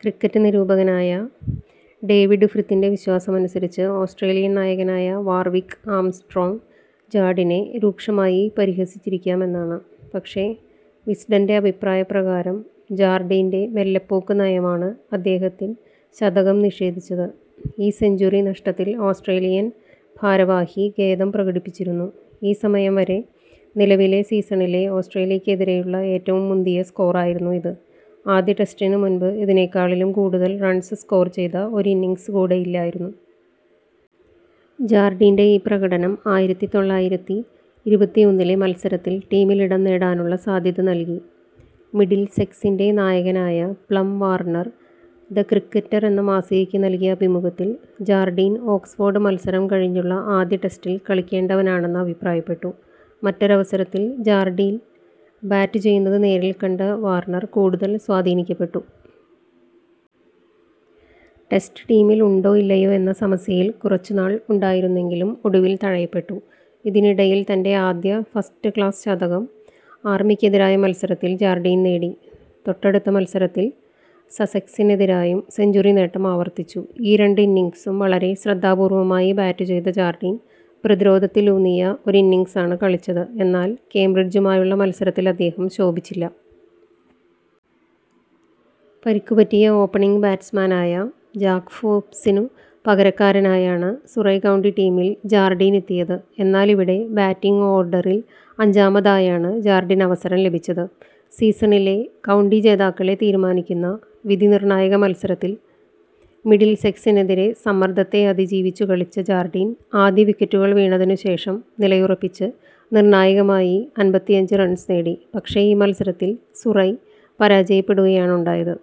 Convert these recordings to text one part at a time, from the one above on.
Cricket നിരൂപകനായ David ഫ്രിത്തിൻ്റെ വിശ്വാസമനുസരിച്ച് ഓസ്ട്രേലിയൻ നായകനായ വാർവിക് ആംസ്ട്രോംഗ് ജാർഡീനെ രൂക്ഷമായി പരിഹസിച്ചിരിക്കാം എന്നാണ്. പക്ഷെ വിസ്ഡൻ്റെ അഭിപ്രായ പ്രകാരം ജാർഡീൻ്റെ മെല്ലെപ്പോക്ക് നയമാണ് അദ്ദേഹത്തിൻ ശതകം നിഷേധിച്ചത്. ഈ സെഞ്ച്വറി നഷ്ടത്തിൽ ഓസ്ട്രേലിയൻ ഭാരവാഹി ഖേദം പ്രകടിപ്പിച്ചിരുന്നു. ഈ സമയം വരെ നിലവിലെ സീസണിലെ ഓസ്ട്രേലിയക്കെതിരെയുള്ള ഏറ്റവും മുന്തിയ സ്കോറായിരുന്നു ഇത്, ആദ്യ ടെസ്റ്റിനു മുൻപ് ഇതിനേക്കാളിലും കൂടുതൽ റൺസ് സ്കോർ ചെയ്ത ഒരിന്നിംഗ്സ് കൂടെയില്ലായിരുന്നു. ജാർഡീൻ്റെ ഈ പ്രകടനം ആയിരത്തിതൊള്ളായിരത്തിഇരുപത്തിഒന്നിലെ മത്സരത്തിൽ ടീമിലിടം നേടാനുള്ള സാധ്യത നൽകി. മിഡിൽസെക്സിൻ്റെ നായകനായ പ്ലം വാർനർ ദി ക്രിക്കറ്റർ എന്ന മാസികയ്ക്ക് നൽകിയ അഭിമുഖത്തിൽ ജാർഡീൻ ഓക്സ്ഫോർഡ് മത്സരം കഴിഞ്ഞുള്ള ആദ്യ ടെസ്റ്റിൽ കളിക്കേണ്ടവനാണെന്ന് അഭിപ്രായപ്പെട്ടു. മറ്റൊരവസരത്തിൽ ജാർഡീൻ ബാറ്റുചെയ്യുന്നത് നേരിൽക്കണ്ട വാർനർ കൂടുതൽ സ്വാധീനിക്കപ്പെട്ടു. ടെസ്റ്റ് ടീമിൽ ഉണ്ടോ ഇല്ലയോ എന്ന സമസ്യയിൽ കുറച്ച് നാൾ ഉണ്ടായിരുന്നെങ്കിലും ഒടുവിൽ തഴയപ്പെട്ടു, ഇതിനിടയിൽ തൻ്റെ ആദ്യ ഫസ്റ്റ് ക്ലാസ് ശതകം ആർമിക്കെതിരായ മത്സരത്തിൽ ജാർഡീൻ നേടി, തൊട്ടടുത്ത മത്സരത്തിൽ സസെക്സിനെതിരായും സെഞ്ച്വറി നേട്ടം ആവർത്തിച്ചു. ഈ രണ്ട് ഇന്നിംഗ്സും വളരെ ശ്രദ്ധാ പൂർവ്വമായി ബാറ്റു ചെയ്ത ജാർഡിൻ പ്രതിരോധത്തിലൂന്നിയ ഒരിന്നൊഗ്സാണ് കളിച്ചത്, എന്നാൽ കേംബ്രിഡ്ജുമായുള്ള മത്സരത്തിൽ അദ്ദേഹം ശോഭിച്ചില്ല. പരിക്കു പറ്റിയ ഓപ്പണിംഗ് ബാറ്റ്സ്മാനായ ജാക് ഹോബ്സിനു പകരക്കാരനായാണ് സുറൈ കൗണ്ടി ടീമിൽ ജാർഡീൻ എത്തിയത്, എന്നാൽ ഇവിടെ ബാറ്റിംഗ് ഓർഡറിൽ അഞ്ചാമതായാണ് ജാർഡിനവസരം ലഭിച്ചത്. സീസണിലെ കൗണ്ടി ജേതാക്കാളെ തീരുമാനിക്കുന്ന വിധിനിർണ്ണായക മത്സരത്തിൽ മിഡിൽസെക്സിനെതിരെ സമ്മർദ്ദത്തെ അതി ജീവിച്ചു കളിച്ച ജാർഡീൻ ആദ്യ വിക്കറ്റുകൾ വീണതിനു ശേഷം നിലയുറപ്പിച്ച് നിർണ്ണായകമായി അൻപത്തിഅഞ്ച് റൺസ് നേടി, പക്ഷെ ഈ മത്സരത്തിൽ സുറൈ പരാജയപ്പെടുകയാണുണ്ടായത്.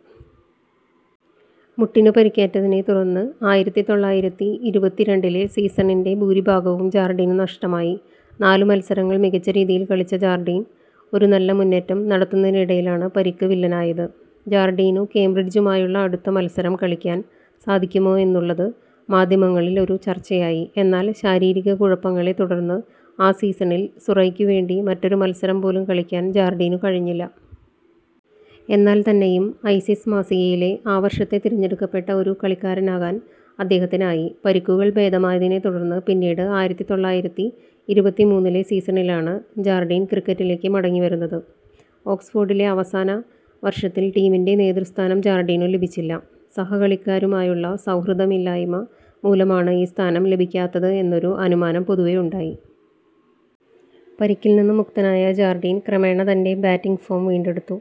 മുട്ടിനു പരിക്കേറ്റതിനെ തുടർന്ന് ആയിരത്തിതൊള്ളായിരത്തിഇരുപത്തിരണ്ടിലെ സീസണിൻ്റെ ഭൂരിഭാഗവും ജാർഡീനു നഷ്ടമായി, നാലു മത്സരങ്ങൾ മികച്ച രീതിയിൽ കളിച്ച ജാർഡീൻ ഒരു നല്ല മുന്നേറ്റം നടത്തുന്നതിനിടയിലാണ് പരിക്ക് വില്ലനായത്. ജാർഡീനു കേബ്രിഡ്ജുമായുള്ള അടുത്ത മത്സരം കളിയ്ക്കാൻ സാധിക്കുമോ എന്നുള്ളത് മാധ്യമങ്ങളിൽ ഒരു ചർച്ചയായി, എന്നാൽ ശാരീരക കുഴപ്പങ്ങളെ തുടർന്ന് ആ സീസണിൽ സുറൈക്കു വേണ്ടി മറ്റൊരു മത്സരം പോലും കളിയ്ക്കാൻ ജാർഡീനു കഴിഞ്ഞില്ല. എന്നാൽ തന്നെയും ഐസിസ് മാസികയിലെ ആ വർഷത്തെ തിരഞ്ഞെടുക്കപ്പെട്ട ഒരു കളിക്കാരനാകാൻ അദ്ദേഹത്തിനായി. പരിക്കുകൾ ഭേദമായതിനെ തുടർന്ന് പിന്നീട് ആയിരത്തിതൊള്ളായിരത്തിഇരുപത്തിമൂന്നിലെ സീസണിലാണ് ജാർഡീൻ ക്രിക്കറ്റിലേക്ക് മടങ്ങി വരുന്നത്. ഒക്സ്ഫോർഡിലെ അവസാന വർഷത്തിൽ ടീമിൻ്റെ നേതൃസ്ഥാനം ജാർഡീനു ലഭിച്ചില്ല, സഹകളിക്കരുമായുള്ള സൗഹൃദയില്ലായ്മ മൂലമാണ് ഈ സ്ഥാനം ലഭിക്കാഞ്ഞത് എന്നൊരു അനുമാനം പൊതുവെ ഉണ്ടായി. പരിക്കിൽ നിന്നു മുക്തനായ ജാർഡീൻ ക്രമേണ തൻ്റെ ബാറ്റിംഗ് ഫോം വീണ്ടെടുത്തു,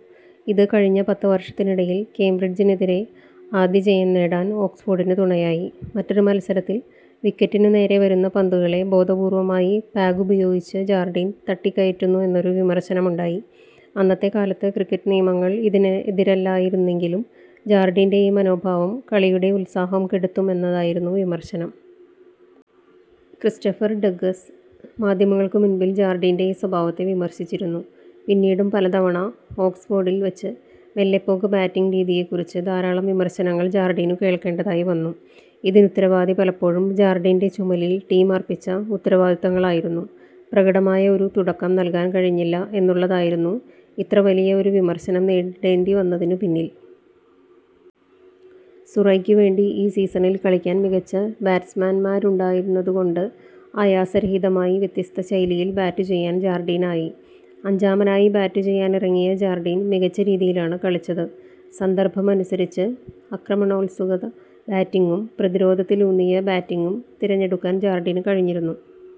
ഇത് കഴിഞ്ഞ പത്ത് വർഷത്തിനിടയിൽ കേംബ്രിഡ്ജിനെതിരെ ആദ്യ ജയം നേടാൻ ഓക്സ്ഫോർഡീനു തുണയായി. മറ്റൊരു മത്സരത്തിൽ വിക്കറ്റിനു നേരെ വരുന്ന പന്തുകളെ ബോധപൂർവ്വമായി പാഗ്ഗുപയോഗിച്ച് ജാർഡീൻ തട്ടിയകറ്റുന്നു എന്നൊരു വിമർശനം ഉണ്ടായി, അന്നത്തെക്കാലത്ത് ക്രിക്കറ്റ് നിയമങ്ങൾ ഇതിനെതിരല്ലായിരുന്നെങ്കിലും ജാർഡീൻ്റെ ഈ മനോഭാവം കളിയുടെ ഉത്സാഹം കെടുത്തും എന്നതായിരുന്നു വിമർശനം. ക്രിസ്റ്റഫർ ഡഗ്ലസ് മാധ്യമങ്ങൾക്കു മുൻപിൽ ജർഡീൻ്റെ ഈ സ്വഭാവത്തെ വിമർശിച്ചിരുന്നു. പിന്നീടും പലതവണ ഓക്സ്ഫോർഡിൽ വച്ച് മെല്ലെപ്പോക്ക് ബാറ്റിംഗ് രീതിയെക്കുറിച്ച് ധാരാളം വിമർശനങ്ങൾ ജാർഡീനു കേൾക്കേണ്ടതായി വന്നു. ഇതിനുത്തരവാദി പലപ്പോഴും ജാർഡീൻ്റെ ചുമലിൽ ടീം അർപ്പിച്ച ഉത്തരവാദിത്തങ്ങളായിരുന്നു. പ്രകടമായ ഒരു തുടക്കം നൽകാൻ കഴിഞ്ഞില്ല എന്നുള്ളതായിരുന്നു ഇത്ര വലിയ ഒരു വിമർശനം നേരിടേണ്ടി വന്നതിനു പിന്നിൽ. സുറൈക്കു വേണ്ടി ഈ സീസണിൽ കളിക്കാൻ മികച്ച ബാറ്റ്സ്മാന്മാരുണ്ടായിരുന്നതുകൊണ്ട് അയാസരഹിതമായി വ്യത്യസ്ത ശൈലിയിൽ ബാറ്റു ചെയ്യാൻ ജാർഡീനായി. അഞ്ചാമനായി ബാറ്റു ചെയ്യാനിറങ്ങിയ ജാർഡീൻ മികച്ച രീതിയിലാണ് കളിച്ചത്, സന്ദർഭമനുസരിച്ച് അക്രമണോത്സുക ബാറ്റിംഗും പ്രതിരോധത്തിലൂന്നിയ ബാറ്റിംഗും തിരഞ്ഞെടുക്കാൻ ജാർഡീന് കഴിഞ്ഞിരുന്നു.